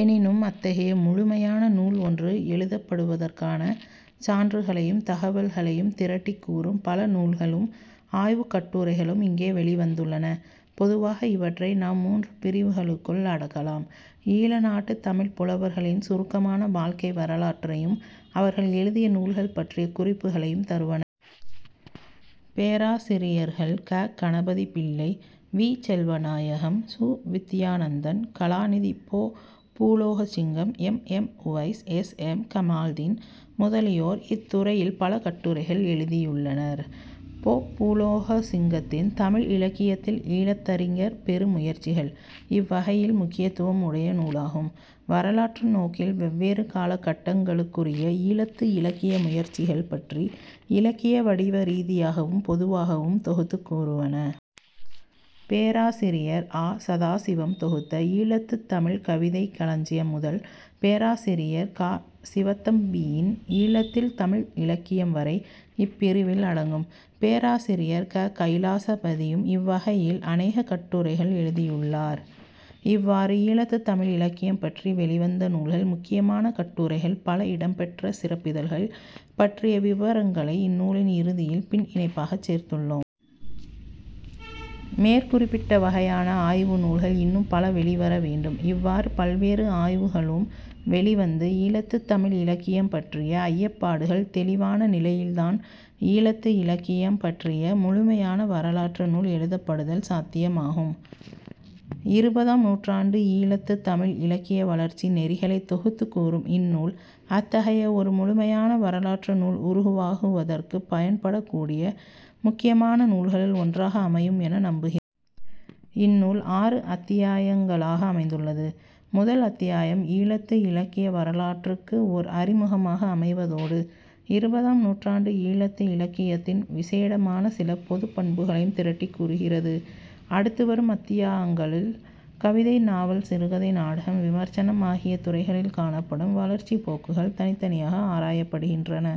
எனினும் அத்தகைய முழுமையான நூல் ஒன்று எழுதப்படுவதற்கான சான்றுகளையும், தகவல்களையும் திரட்டிக் கூறும் பல நூல்களும் ஆய்வுக் கட்டுரைகளும் இங்கே வௌிவந்துள்ளன. பொதுவாக இவற்றை நாம் மூன்று பிரிவுகளுக்குள் அடக்கலாம்.. ஈழநாட்டுத் தமிழ்ப் புலவர்களின் சுருக்கமான வாழ்க்கை வரலாற்றையும், அவர்கள் எழுதிய நூல்கள் பற்றிய குறிப்புகளையும் தருவன. பேராசிரியர்கள் க. கணபதிப்பிள்ளை, வி. செல்வநாயகம், சு. வித்தியானந்தன், கலாநிதி பொ. Poologasingam, M. M. Uwise, S. M. Kamaldeen முதலியோர் இத்துறையில் பல கட்டுரைகள் எழுதியுள்ளனர். பொ. பூலோகசிங்கத்தின் 'தமிழ் இலக்கியத்தில் ஈழத்தறிஞர் பெரு முயற்சிகள்' இவ்வகையில் முக்கியத்துவம் உடைய நூலாகும்.. வரலாற்று நோக்கில் வெவ்வேறு கால கட்டங்களுக்குரிய ஈழத்து இலக்கிய முயற்சிகள் பற்றி இலக்கியவடிவ ரீதியாகவும் பொதுவாகவும் தொகுத்துக் கூறுவன. பேராசிரியர். ஆ. சதாசிவம் தொகுத்த 'ஈழத்துத் தமிழ் கவிதைக் களஞ்சியம் ' முதல், பேராசிரியர் கா. சிவத்தம்பியின் ஈழத்தில் தமிழ் இலக்கியம் வரை இப்பிரிவில் அடங்கும். பேராசிரியர் க. கைலாசபதியும் இவ்வகையில் அநேக கட்டுரைகள்எழுதியுள்ளார். இவ்வாறு, ஈழத்துத் தமிழ் இலக்கியம் பற்றி வௌிவந்த நூல்கள், முக்கியமான கட்டுரைகள் பல இடம்பெற்ற சிறப்பிதழ்கள் பற்றிய விபரங்களை இந்நூலின் இறுதியில் பின் இணைப்பாகச் சேர்த்துள்ளோம். மேற்குறிப்பிட்ட வகையான ஆய்வு நூல்கள் இன்னும் பல வௌிவர வேண்டும். இவ்வாறு பல்வேறு ஆய்வுகளூம் வௌிவந்து ஈழத்துத் தமிழ் இலக்கியம் பற்றிய ஐயப்பாடுகள் தௌிவான நிலையில்தான் ஈழத்து இலக்கியம் பற்றிய முழுமையான வரலாற்று நூல் எழுதப்படுதல் சாத்தியமாகும். இருபதாம் நூற்றாண்டு ஈழத்து தமிழ் இலக்கிய வளர்ச்சி நெறிகளைத் தொகுத்துக் கூறும் இந்நூல் அத்தகைய ஒரு முழுமையான வரலாற்று நூல் உருவாகுவதற்குப் பயன்படக்கூடிய முக்கியமான நூல்களுள் ஒன்றாக அமையும் என நம்புகிறோம். இந்நூல் ஆறு அத்தியாயங்களாக அமைந்துள்ளது. முதல் அத்தியாயம் ஈழத்து இலக்கிய வரலாற்றுக்கு ஓர் அறிமுகமாக அமைவதோடு, இருபதாம் நூற்றாண்டு ஈழத்து இலக்கியத்தின் விசேடமான சில பொதுப் பண்புகளையும் திரட்டிக் கூறுகிறது. அடுத்துவரும் அத்தியாங்களில் கவிதை, நாவல், சிறுகதை, நாடகம், விமர்சனம் ஆகிய துறைகளில் காணப்படும் வளர்ச்சிப் போக்குகள் தனித்தனியாக ஆராயப்படுகின்றன.